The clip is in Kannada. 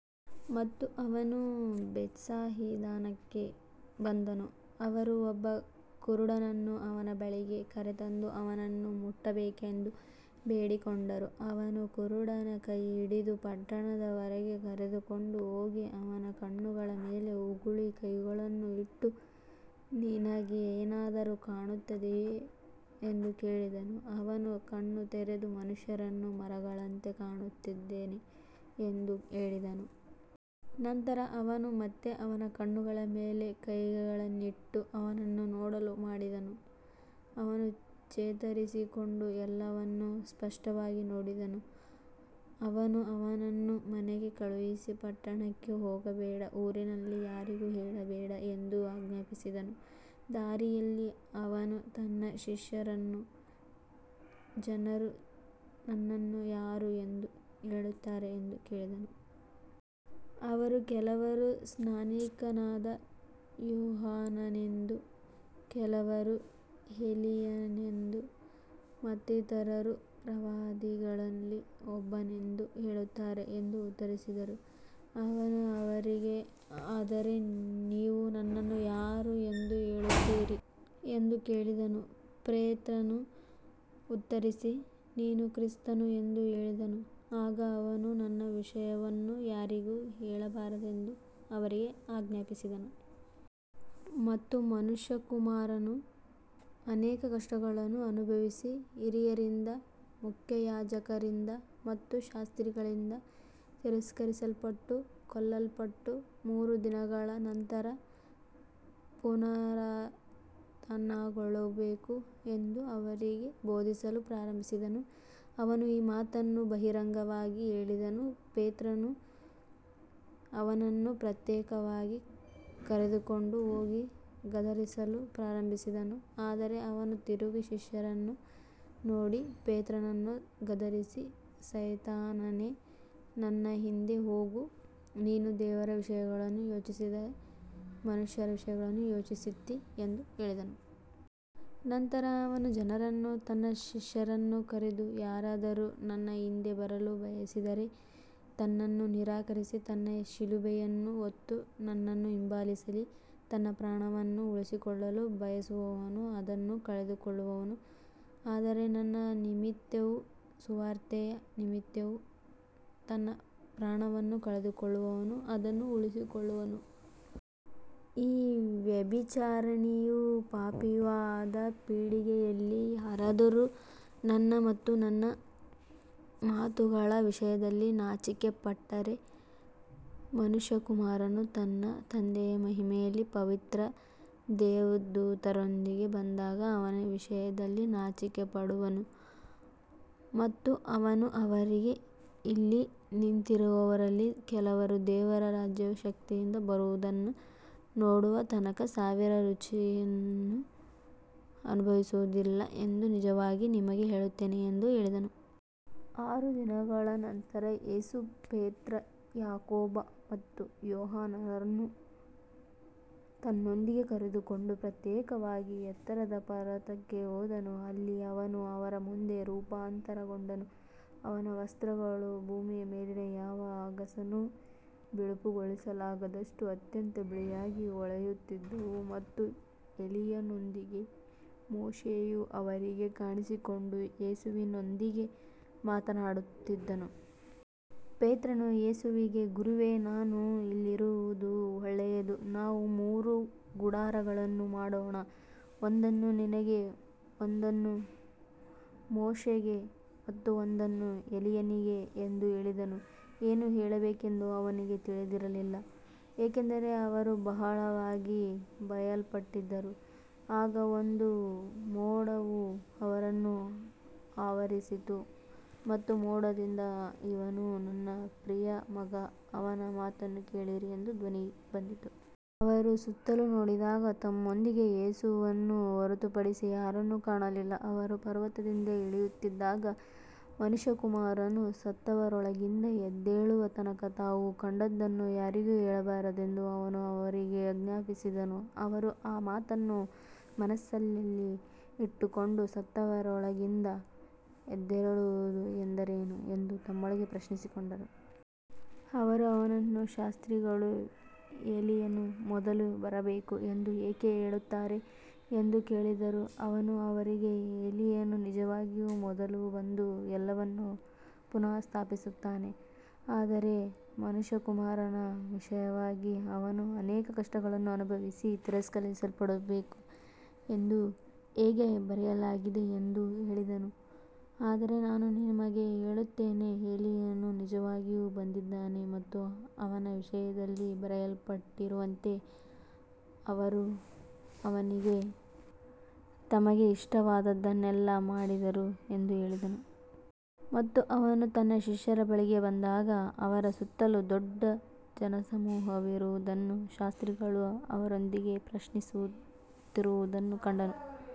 ಮತ್ತು ಅವನು ಬೆತ್ಸಾಯಿದಾಕ್ಕೆ ಬಂದನು. ಅವರು ಒಬ್ಬ ಕುರುಡನನ್ನು ಅವನ ಬಳಿಗೆ ಕರೆತಂದು ಅವನನ್ನು ಮುಟ್ಟಬೇಕೆಂದು ಬೇಡಿಕೊಂಡರು. ಅವನು ಕುರುಡನ ಕೈಹಿಡಿದು ಪಟ್ಟಣದ ಹೊರಗೆ ಕರೆದುಕೊಂಡು ಹೋಗಿ ಅವನ ಕಣ್ಣುಗಳ ಮೇಲೆ ಉಗುಳಿ ಕೈಗಳನ್ನು ಇಟ್ಟು, ನಿನಗೆ ಏನಾದರೂ ಕಾಣುತ್ತದೆಯೇ ಎಂದು ಕೇಳಿದನು. ಅವನು ಕಣ್ಣು ತೆರೆದು, ಮನುಷ್ಯರನ್ನು ಮರಗಳಂತೆ ಕಾಣುತ್ತಿದ್ದೇನೆ ಎಂದು ಹೇಳಿದನು. ನಂತರ ಅವನು ಮತ್ತೆ ಅವನ ಕಣ್ಣುಗಳ ಮೇಲೆ ಕೈಗಳನ್ನಿಟ್ಟು ಅವನನ್ನು ನೋಡಲು ಮಾಡಿದನು. ಅವನು ಚೇತರಿಸಿಕೊಂಡು ಎಲ್ಲವನ್ನೂ ಸ್ಪಷ್ಟವಾಗಿ ನೋಡಿದನು. ಅವನು ಅವನನ್ನು ಮನೆಗೆ ಕಳುಹಿಸಿ, ಪಟ್ಟಣಕ್ಕೆ ಹೋಗಬೇಡ, ಊರಿನಲ್ಲಿ ಯಾರಿಗೂ ಹೇಳಬೇಡ ಎಂದು ಆಜ್ಞಾಪಿಸಿದನು. ದಾರಿಯಲ್ಲಿ ಅವನು ತನ್ನ ಶಿಷ್ಯರನ್ನು, ಜನರು ನನ್ನನ್ನು ಯಾರು ಎಂದು ಹೇಳುತ್ತಾರೆ ಎಂದು ಕೇಳಿದನು. ಅವರು, ಕೆಲವರು ಸ್ನಾನಿಕನಾದ ಯೋಹಾನನೆಂದೂ, ಕೆಲವರು ಎಲೀಯನೆಂದೂ, ಮತ್ತಿತರರು ಪ್ರವಾದಿಗಳಲ್ಲಿ ಒಬ್ಬನೆಂದೂ ಹೇಳುತ್ತಾರೆ ಎಂದು ಉತ್ತರಿಸಿದರು. ಅವನು ಅವರಿಗೆ, ಆದರೆ ನೀವು ನನ್ನನ್ನು ಯಾರು ಎಂದು ಹೇಳುತ್ತೀರಿ ಎಂದು ಕೇಳಿದನು. ಪೇತ್ರನು ಉತ್ತರಿಸಿ, ನೀನು ಕ್ರಿಸ್ತನು ಎಂದು ಹೇಳಿದನು. ಆಗ ಅವನು ತನ್ನ ವಿಷಯವನ್ನು ಯಾರಿಗೂ ಹೇಳಬಾರದೆಂದು ಅವರಿಗೆ ಆಜ್ಞಾಪಿಸಿದನು. ಮತ್ತು ಮನುಷ್ಯಕುಮಾರನು ಅನೇಕ ಕಷ್ಟಗಳನ್ನು ಅನುಭವಿಸಿ, ಹಿರಿಯರಿಂದ, ಮುಖ್ಯಯಾಜಕರಿಂದ ಮತ್ತು ಶಾಸ್ತ್ರಿಗಳಿಂದ ತಿರಸ್ಕರಿಸಲ್ಪಟ್ಟು ಕೊಲ್ಲಲ್ಪಟ್ಟು ಮೂರು ದಿನಗಳ ನಂತರ ಪುನರುತ್ಥಾನಗೊಳ್ಳಬೇಕು ಎಂದು ಅವರಿಗೆ ಬೋಧಿಸಲು ಪ್ರಾರಂಭಿಸಿದನು. ಅವನು ಈ ಮಾತನ್ನು ಬಹಿರಂಗವಾಗಿ ಹೇಳಿದನು. ಪೇತ್ರನು ಅವನನ್ನು ಪ್ರತ್ಯೇಕವಾಗಿ ಕರೆದುಕೊಂಡು ಹೋಗಿ ಗದರಿಸಲು ಪ್ರಾರಂಭಿಸಿದನು. ಆದರೆ ಅವನು ತಿರುಗಿ ಶಿಷ್ಯರನ್ನು ನೋಡಿ ಪೇತ್ರನನ್ನು ಗದರಿಸಿ, ಸೈತಾನನೇ, ನನ್ನ ಹಿಂದೆ ಹೋಗು, ನೀನು ದೇವರ ವಿಷಯಗಳನ್ನು ಯೋಚಿಸದೆ ಮನುಷ್ಯರ ವಿಷಯಗಳನ್ನು ಯೋಚಿಸುತ್ತೀ ಎಂದು ಹೇಳಿದನು. ನಂತರ ಅವನು ಜನರನ್ನೂ ತನ್ನ ಶಿಷ್ಯರನ್ನೂ ಕರೆದು, ಯಾರಾದರೂ ನನ್ನ ಹಿಂದೆ ಬರಲು ಬಯಸಿದರೆ ತನ್ನನ್ನು ನಿರಾಕರಿಸಿ ತನ್ನ ಶಿಲುಬೆಯನ್ನು ಹೊತ್ತು ನನ್ನನ್ನು ಹಿಂಬಾಲಿಸಲಿ. ತನ್ನ ಪ್ರಾಣವನ್ನು ಉಳಿಸಿಕೊಳ್ಳಲು ಬಯಸುವವನು ಅದನ್ನು ಕಳೆದುಕೊಳ್ಳುವನು, ಆದರೆ ನನ್ನ ನಿಮಿತ್ತವೂ ಸುವಾರ್ತೆಯ ನಿಮಿತ್ತವೂ ತನ್ನ ಪ್ರಾಣವನ್ನು ಕಳೆದುಕೊಳ್ಳುವವನು ಅದನ್ನು ಉಳಿಸಿಕೊಳ್ಳುವನು. ಈ ವ್ಯಭಿಚಾರಿಣಿಯೂ ಪಾಪಿಯೂ ಆದ ಪೀಳಿಗೆಯಲ್ಲಿ ಯಾರಾದರೂ ನನ್ನ ಮತ್ತು ನನ್ನ ಮಾತುಗಳ ವಿಷಯದಲ್ಲಿ ನಾಚಿಕೆಪಟ್ಟರೆ, ಮನುಷ್ಯಕುಮಾರನು ತನ್ನ ತಂದೆಯ ಮಹಿಮೆಯಲ್ಲಿ ಪವಿತ್ರ ದೇವದೂತರೊಂದಿಗೆ ಬಂದಾಗ ಅವನ ವಿಷಯದಲ್ಲಿ ನಾಚಿಕೆಪಡುವನು. ಮತ್ತು ಅವನು ಅವರಿಗೆ, ಇಲ್ಲಿ ನಿಂತಿರುವವರಲ್ಲಿ ಕೆಲವರು ದೇವರ ರಾಜ್ಯವು ಶಕ್ತಿಯಿಂದ ಬರುವುದನ್ನು ನೋಡುವ ತನಕ ಸಾವಿನ ರುಚಿಯನ್ನು ಅನುಭವಿಸುವುದಿಲ್ಲ ಎಂದು ನಿಜವಾಗಿ ನಿಮಗೆ ಹೇಳುತ್ತೇನೆ ಎಂದು ಹೇಳಿದನು. ಆರು ದಿನಗಳ ನಂತರ ಯೇಸು ಪೇತ್ರ, ಯಾಕೋಬ ಮತ್ತು ಯೋಹಾನರನ್ನು ತನ್ನೊಂದಿಗೆ ಕರೆದುಕೊಂಡು ಪ್ರತ್ಯೇಕವಾಗಿ ಎತ್ತರದ ಪರ್ವತಕ್ಕೆ ಹೋದನು. ಅಲ್ಲಿ ಅವನು ಅವರ ಮುಂದೆ ರೂಪಾಂತರಗೊಂಡನು. ಅವನ ವಸ್ತ್ರಗಳು ಭೂಮಿಯ ಮೇಲಿನ ಯಾವ ಅಗಸನೂ ಬಿಳುಪುಗೊಳಿಸಲಾಗದಷ್ಟು ಅತ್ಯಂತ ಬಿಳಿಯಾಗಿ ಹೊಳೆಯುತ್ತಿದ್ದವು. ಮತ್ತು ಎಲೀಯನೊಂದಿಗೆ ಮೋಶೆಯು ಅವರಿಗೆ ಕಾಣಿಸಿಕೊಂಡು ಯೇಸುವಿನೊಂದಿಗೆ ಮಾತನಾಡುತ್ತಿದ್ದನು. ಪೇತ್ರನು ಯೇಸುವಿಗೆ, ಗುರುವೇ, ನಾವು ಇಲ್ಲಿರುವುದು ಒಳ್ಳೆಯದು. ನಾವು ಮೂರು ಗುಡಾರಗಳನ್ನು ಮಾಡೋಣ, ಒಂದನ್ನು ನಿನಗೆ, ಒಂದನ್ನು ಮೋಶೆಗೆ ಮತ್ತು ಒಂದನ್ನು ಎಲೀಯನಿಗೆ ಎಂದು ಹೇಳಿದನು. ಏನು ಹೇಳಬೇಕೆಂದು ಅವನಿಗೆ ತಿಳಿದಿರಲಿಲ್ಲ, ಏಕೆಂದರೆ ಅವರು ಬಹಳವಾಗಿ ಭಯಪಟ್ಟಿದ್ದರು. ಆಗ ಒಂದು ಮೋಡವು ಅವರನ್ನು ಆವರಿಸಿತು ಮತ್ತು ಮೋಡದಿಂದ, ಇವನು ನನ್ನ ಪ್ರಿಯ ಮಗ, ಇವನ ಮಾತನ್ನು ಕೇಳಿರಿ ಎಂಬ ಧ್ವನಿ ಬಂತು. ಅವರು ಸುತ್ತಲೂ ನೋಡಿದಾಗ ತಮ್ಮೊಂದಿಗೆ ಯೇಸುವನ್ನು ಹೊರತುಪಡಿಸಿ ಯಾರನ್ನೂ ಕಾಣಲಿಲ್ಲ. ಅವರು ಪರ್ವತದಿಂದ ಇಳಿಯುತ್ತಿದ್ದಾಗ, ಮನುಷ್ಯಕುಮಾರನು ಸತ್ತವರೊಳಗಿಂದ ಎದ್ದೇಳುವ ತನಕ ತಾವು ಕಂಡದ್ದನ್ನು ಯಾರಿಗೂ ಹೇಳಬಾರದೆಂದು ಅವನು ಅವರಿಗೆ ಆಜ್ಞಾಪಿಸಿದನು. ಅವರು ಆ ಮಾತನ್ನು ಮನಸ್ಸಿನಲ್ಲಿ ಇಟ್ಟುಕೊಂಡು, ಸತ್ತವರೊಳಗಿಂದ ಎದ್ದೇಳುವುದು ಎಂದರೇನು ಎಂದು ತಮ್ಮೊಳಗೆ ಪ್ರಶ್ನಿಸಿಕೊಂಡರು. ಅವರು ಅವನನ್ನು, ಶಾಸ್ತ್ರಿಗಳು ಎಲೀಯನು ಮೊದಲು ಬರಬೇಕು ಎಂದು ಏಕೆ ಹೇಳುತ್ತಾರೆ ಎಂದು ಕೇಳಿದರು. ಅವನು ಅವರಿಗೆ, ಎಲೀಯನು ನಿಜವಾಗಿಯೂ ಮೊದಲು ಬಂದು ಎಲ್ಲವನ್ನೂ ಪುನಃಸ್ಥಾಪಿಸುತ್ತಾನೆ. ಆದರೆ ಮನುಷ್ಯಕುಮಾರನ ವಿಷಯವಾಗಿ ಅವನು ಅನೇಕ ಕಷ್ಟಗಳನ್ನು ಅನುಭವಿಸಿ ತಿರಸ್ಕರಿಸಲ್ಪಡಬೇಕು ಎಂದು ಹೇಗೆ ಬರೆಯಲಾಗಿದೆ ಎಂದು ಹೇಳಿದನು. ಆದರೆ ನಾನು ನಿಮಗೆ ಹೇಳುತ್ತೇನೆ, ಎಲೀಯನು ನಿಜವಾಗಿಯೂ ಬಂದಿದ್ದಾನೆ ಮತ್ತು ಅವನ ವಿಷಯದಲ್ಲಿ ಬರೆಯಲ್ಪಟ್ಟಿರುವಂತೆ ಅವರು ಅವನಿಗೆ ತಮಗೆ ಇಷ್ಟವಾದದ್ದನ್ನೆಲ್ಲ ಮಾಡಿದರು ಎಂದು ಹೇಳಿದನು. ಮತ್ತು ಅವನು ತನ್ನ ಶಿಷ್ಯರ ಬಳಿಗೆ ಬಂದಾಗ ಅವರ ಸುತ್ತಲೂ ದೊಡ್ಡ ಜನಸಮೂಹವಿರುವುದನ್ನೂ ಶಾಸ್ತ್ರಿಗಳು ಅವರೊಂದಿಗೆ ಪ್ರಶ್ನಿಸುತ್ತಿರುವುದನ್ನೂ ಕಂಡನು.